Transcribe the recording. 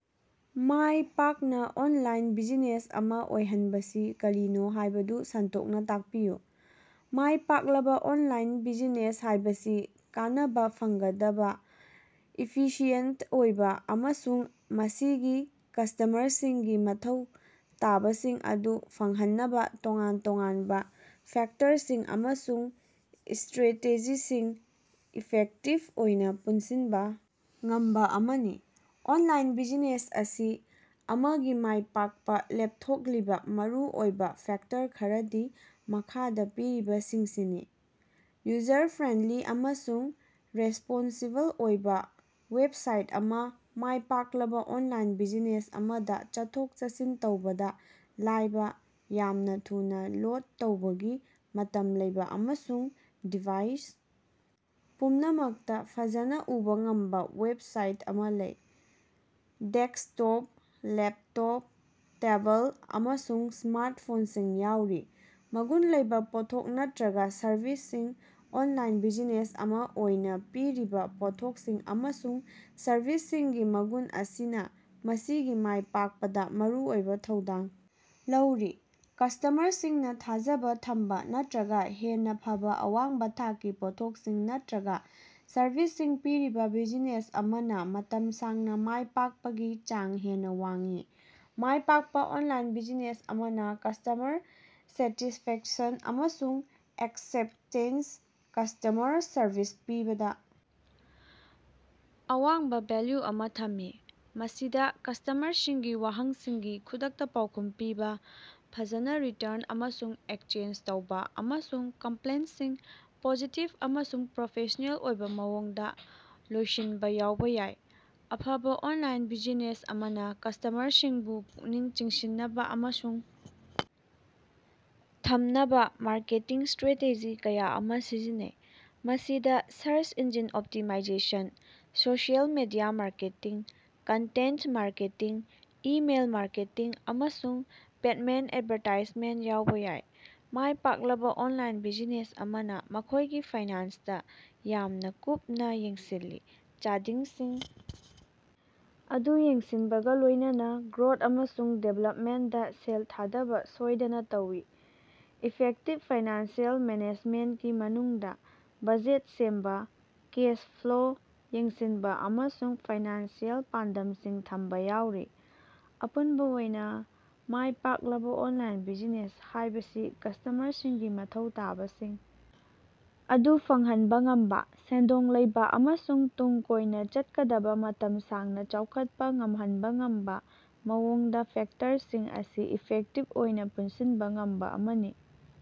ꯃꯥꯏꯄꯥꯛꯅꯥ online business ꯑꯃꯥ ꯑꯣꯏꯍꯟꯕꯁꯤ ꯀꯔꯤꯅꯣ ꯍꯥꯏꯕꯗꯨ ꯁꯟꯗꯣꯛꯅꯥ ꯇꯥꯛꯄꯤꯌꯨ꯫ ꯃꯥꯏ ꯄꯥꯛꯂꯕꯥ ꯑꯣꯟꯂꯥꯏꯟ ꯕꯤꯖꯤꯅꯦꯁ ꯍꯥꯏꯕꯁꯤ ꯀꯥꯟꯅꯕꯥ ꯐꯪꯒꯗꯕꯥ, ꯏꯐꯤꯁꯤꯌꯦꯟꯇ ꯑꯣꯏꯕꯥ ꯑꯃꯁꯨꯡ ꯃꯁꯤꯒꯤ ꯀꯁꯇꯃꯔꯁꯤꯡꯒꯤ ꯃꯊꯧ ꯇꯥꯕꯁꯤꯡ ꯑꯗꯨ ꯐꯪꯍꯟꯅꯕꯥ ꯇꯣꯉꯥꯟ ꯇꯣꯉꯥꯟꯕꯥ ꯐꯦꯛꯇꯔꯁꯤꯡ ꯑꯃꯁꯨꯡ ꯢꯁꯇ꯭ꯔꯦꯇꯦꯖꯤꯁꯤꯡ ꯏꯐꯦꯛꯇꯤꯕ ꯑꯣꯏꯅꯥ ꯄꯨꯟꯁꯤꯟꯕꯥ ꯉꯝꯕꯥ ꯑꯃꯅꯤ꯫ ꯑꯣꯟꯂꯥꯏꯟ ꯕꯤꯖꯤꯅꯦꯁ ꯑꯃꯒꯤ ꯃꯥꯏꯄꯥꯛꯄꯥ ꯂꯦꯞꯊꯣꯛꯂꯤꯕꯥ ꯃꯔꯨꯑꯣꯏꯕꯥ ꯐꯦꯛꯇꯔ ꯈꯔꯗꯤ ꯃꯈꯥꯗꯥ ꯄꯤꯔꯤꯕꯁꯤꯡꯁꯤꯅꯤ: ꯌꯨꯖꯔ-ꯐ꯭ꯔꯦꯟꯂꯤ ꯑꯃꯁꯨꯡ ꯔꯦꯁꯄꯣꯟꯁꯤꯕꯜ ꯑꯣꯏꯕꯥ ꯋꯦꯞꯁꯥꯏꯠ ꯑꯃ ꯃꯥꯏꯄꯥꯛꯂꯕꯥ ꯑꯣꯟꯂꯥꯏꯟ ꯕꯤꯖꯤꯅꯦꯁ ꯑꯃꯗꯥ ꯆꯠꯊꯣꯛ-ꯆꯠꯁꯤꯟ ꯇꯧꯕꯗꯥ ꯂꯥꯏꯕꯥ, ꯌꯥꯝꯅꯥ ꯊꯨꯅꯥ ꯂꯣꯠ ꯇꯧꯕꯒꯤ ꯃꯇꯝ ꯂꯩꯕꯥ ꯑꯃꯁꯨꯡ ꯗꯤꯚꯥꯏꯁ ꯄꯨꯝꯅꯃꯛꯇꯥ ꯐꯖꯅꯥ ꯎꯕꯥ ꯉꯝꯕꯥ ꯋꯦꯞꯁꯥꯏꯠ ꯑꯃꯥ ꯂꯩ꯫ ꯗꯦꯛꯁꯇꯣꯞ, ꯂꯦꯞꯇꯣꯞ, ꯇꯦꯕꯜ ꯑꯃꯁꯨꯡ ꯁ꯭ꯃꯥꯔꯠ ꯐꯣꯟꯁꯤꯡ ꯌꯥꯎꯔꯤ꯫ ꯃꯒꯨꯟ ꯂꯩꯕꯥ ꯄꯣꯠꯊꯣꯛ ꯅꯠꯇ꯭ꯔꯒꯥ ꯁꯔꯚꯤꯁꯁꯤꯡ: ꯑꯣꯟꯂꯥꯏꯟ ꯕꯤꯖꯤꯅꯦꯁ ꯑꯃꯅꯥ ꯄꯤꯔꯤꯕꯥ ꯄꯣꯠꯊꯣꯛꯁꯤꯡ ꯑꯃꯁꯨꯡ ꯁꯔꯚꯤꯁꯁꯤꯡꯒꯤ ꯃꯒꯨꯟ ꯑꯁꯤꯅꯥ ꯃꯁꯤꯒꯤ ꯃꯥꯏ ꯄꯥꯛꯄꯗꯥ ꯃꯔꯨꯑꯣꯏꯕꯥ ꯊꯧꯗꯥꯡ ꯂꯧꯔꯤ꯫ ꯀꯁꯇ꯭ꯃꯔꯁꯤꯡꯅꯥ ꯊꯥꯖꯕꯥ ꯊꯝꯕꯥ ꯅꯠꯇ꯭ꯔꯒꯥ ꯍꯦꯟꯅꯥ ꯐꯕꯥ ꯑꯋꯥꯡꯕꯥ ꯊꯥꯛꯀꯤ ꯄꯣꯠꯊꯣꯛꯁꯤꯡ ꯅꯠꯇ꯭ꯔꯒꯥ ꯁꯔꯚꯤꯁꯁꯤꯡ ꯄꯤꯔꯤꯕꯥ ꯕꯤꯖꯤꯅꯦꯁ ꯑꯃꯅꯥ ꯃꯇꯝ ꯁꯥꯡꯅꯥ ꯃꯥꯏ ꯄꯥꯛꯄꯒꯤ ꯆꯥꯡ ꯍꯦꯟꯅꯥ ꯋꯥꯡꯏ꯫ ꯃꯥꯏꯄꯥꯛꯅꯥ ꯑꯣꯟꯂꯥꯏꯟ ꯕꯤꯖꯤꯅꯦꯁ ꯑꯃꯅꯥ ꯀꯁꯇꯃꯔ ꯁꯦꯇꯤꯁꯐꯦꯛꯁꯟ ꯑꯃꯁꯨꯡ ꯑꯦꯛꯁꯦꯞꯇꯦꯟꯁ ꯀꯁꯇ꯭ꯃꯔ ꯁꯔꯚꯤꯁ ꯄꯤꯕꯗꯥ ꯑꯋꯥꯡꯕꯥ ꯚꯦꯜꯂꯨ ꯑꯃꯥ ꯊꯝꯃꯤ꯫ ꯃꯁꯤꯗꯥ ꯀꯁꯇ꯭ꯃꯔꯁꯤꯡꯒꯤ ꯋꯥꯍꯪꯁꯤꯡꯒꯤ ꯈꯨꯗꯛꯇꯥ ꯄꯥꯎꯈꯨꯝ ꯄꯤꯕꯥ, ꯐꯖꯅꯥ ꯔꯤꯇ꯭ꯔꯟ ꯑꯃꯁꯨꯡ ꯑꯦꯛꯁꯆꯦꯟꯖ ꯇꯧꯕꯥ ꯑꯃꯁꯨꯡ ꯀꯝꯄ꯭ꯂꯦꯟꯁꯤꯡ ꯄꯣꯖꯤꯇꯤꯚ ꯑꯃꯁꯨꯡ ꯄ꯭ꯔꯣꯐꯦꯁꯅꯦꯜ ꯑꯣꯏꯕꯥ ꯃꯑꯣꯡꯗꯥ ꯂꯣꯏꯁꯤꯟꯕꯥ ꯌꯥꯎꯕꯥ ꯌꯥꯏ꯫ ꯑꯐꯕꯥ ꯑꯣꯟꯂꯥꯏꯟ ꯕꯤꯖꯤꯅꯦꯁ ꯑꯃꯅꯥ ꯀꯁꯇꯃꯔꯁꯤꯡꯕꯨ ꯄꯨꯛꯅꯤꯡ ꯆꯤꯡꯁꯤꯟꯅꯕꯥ ꯑꯃꯁꯨꯡ ꯊꯝꯅꯕꯥ ꯃꯥꯔꯀꯦꯇꯤꯡ ꯏꯁꯇ꯭ꯔꯦꯇꯦꯖꯤ ꯀꯌꯥ ꯑꯃꯥ ꯁꯤꯖꯤꯟꯅꯩ꯫ ꯃꯁꯤꯗꯥ search engine optimisation, social media marketing, content marketing, email marketing ꯑꯃꯁꯨꯡ ꯄꯦꯃꯦꯟꯇ ꯑꯦꯠꯚꯥꯔꯇꯥꯏꯖꯃꯦꯟ ꯌꯥꯎꯕꯥ ꯌꯥꯏ꯫ ꯃꯥꯏ ꯄꯥꯛꯂꯕꯥ ꯑꯣꯟꯂꯥꯏꯟ ꯕꯤꯖꯤꯅꯦꯁ ꯑꯃꯅꯥ ꯃꯈꯣꯏꯒꯤ ꯐꯥꯏꯅꯥꯟꯁꯇꯥ ꯌꯥꯝꯅꯥ ꯀꯨꯞꯅꯥ ꯌꯦꯡꯁꯤꯜꯂꯤ, ꯆꯥꯗꯤꯡꯁꯤꯡ ꯑꯗꯨ ꯌꯦꯡꯁꯤꯟꯕꯒꯥ ꯂꯣꯏꯅꯅꯥ ꯒ꯭ꯔꯣꯠ ꯑꯃꯁꯨꯡ ꯗꯤꯕ꯭ꯂꯞꯃꯦꯟꯗꯥ ꯁꯦꯜ ꯊꯥꯗꯕꯥ ꯁꯣꯏꯗꯅꯥ ꯇꯧꯏ꯫ ꯏꯐꯦꯛꯇꯤꯞ ꯐꯥꯏꯅꯥꯟꯁꯤꯑꯦꯜ ꯃꯦꯅꯦꯖꯃꯦꯟꯀꯤ ꯃꯅꯨꯡꯗꯥ ꯕꯖꯦꯠ ꯁꯦꯝꯕꯥ, ꯀꯦꯁ ꯐ꯭ꯂꯣ ꯌꯦꯡꯁꯤꯟꯕꯥ ꯑꯃꯁꯨꯡ ꯐꯥꯏꯅꯥꯟꯁꯤꯑꯦꯜ ꯄꯥꯟꯗꯝꯁꯤꯡ ꯊꯝꯕꯥ ꯌꯥꯎꯔꯤ꯫ ꯑꯄꯨꯟꯕꯥ ꯑꯣꯏꯅꯥ, ꯃꯥꯏꯄꯥꯛꯂꯕꯥ ꯑꯣꯟꯂꯥꯏꯟ ꯕꯤꯖꯤꯅꯦꯁ ꯍꯥꯏꯕꯁꯤ ꯀꯁꯇ꯭ꯃꯔꯁꯤꯡꯒꯤ ꯃꯊꯧ ꯇꯥꯕꯁꯤꯡ ꯑꯗꯨ ꯐꯪꯍꯟꯕꯥ ꯉꯝꯕꯥ, ꯁꯦꯟꯗꯣꯡ ꯂꯩꯕꯥ ꯑꯃꯁꯨꯡ ꯇꯨꯡ ꯀꯣꯏꯅꯥ ꯆꯠꯀꯗꯕꯥ ꯃꯇꯝ ꯁꯥꯡꯅꯥ ꯆꯥꯎꯈꯠꯄꯥ ꯉꯝꯍꯟꯕꯥ ꯉꯝꯕꯥ ꯃꯑꯣꯡꯗꯥ ꯐꯦꯛꯇꯔꯁꯤꯡ ꯑꯁꯤ ꯏꯐꯦꯛꯇꯤꯕ ꯑꯣꯏꯅꯥ ꯄꯨꯟꯁꯤꯟꯕꯥ ꯉꯝꯕꯥ ꯑꯃꯅꯤ꯫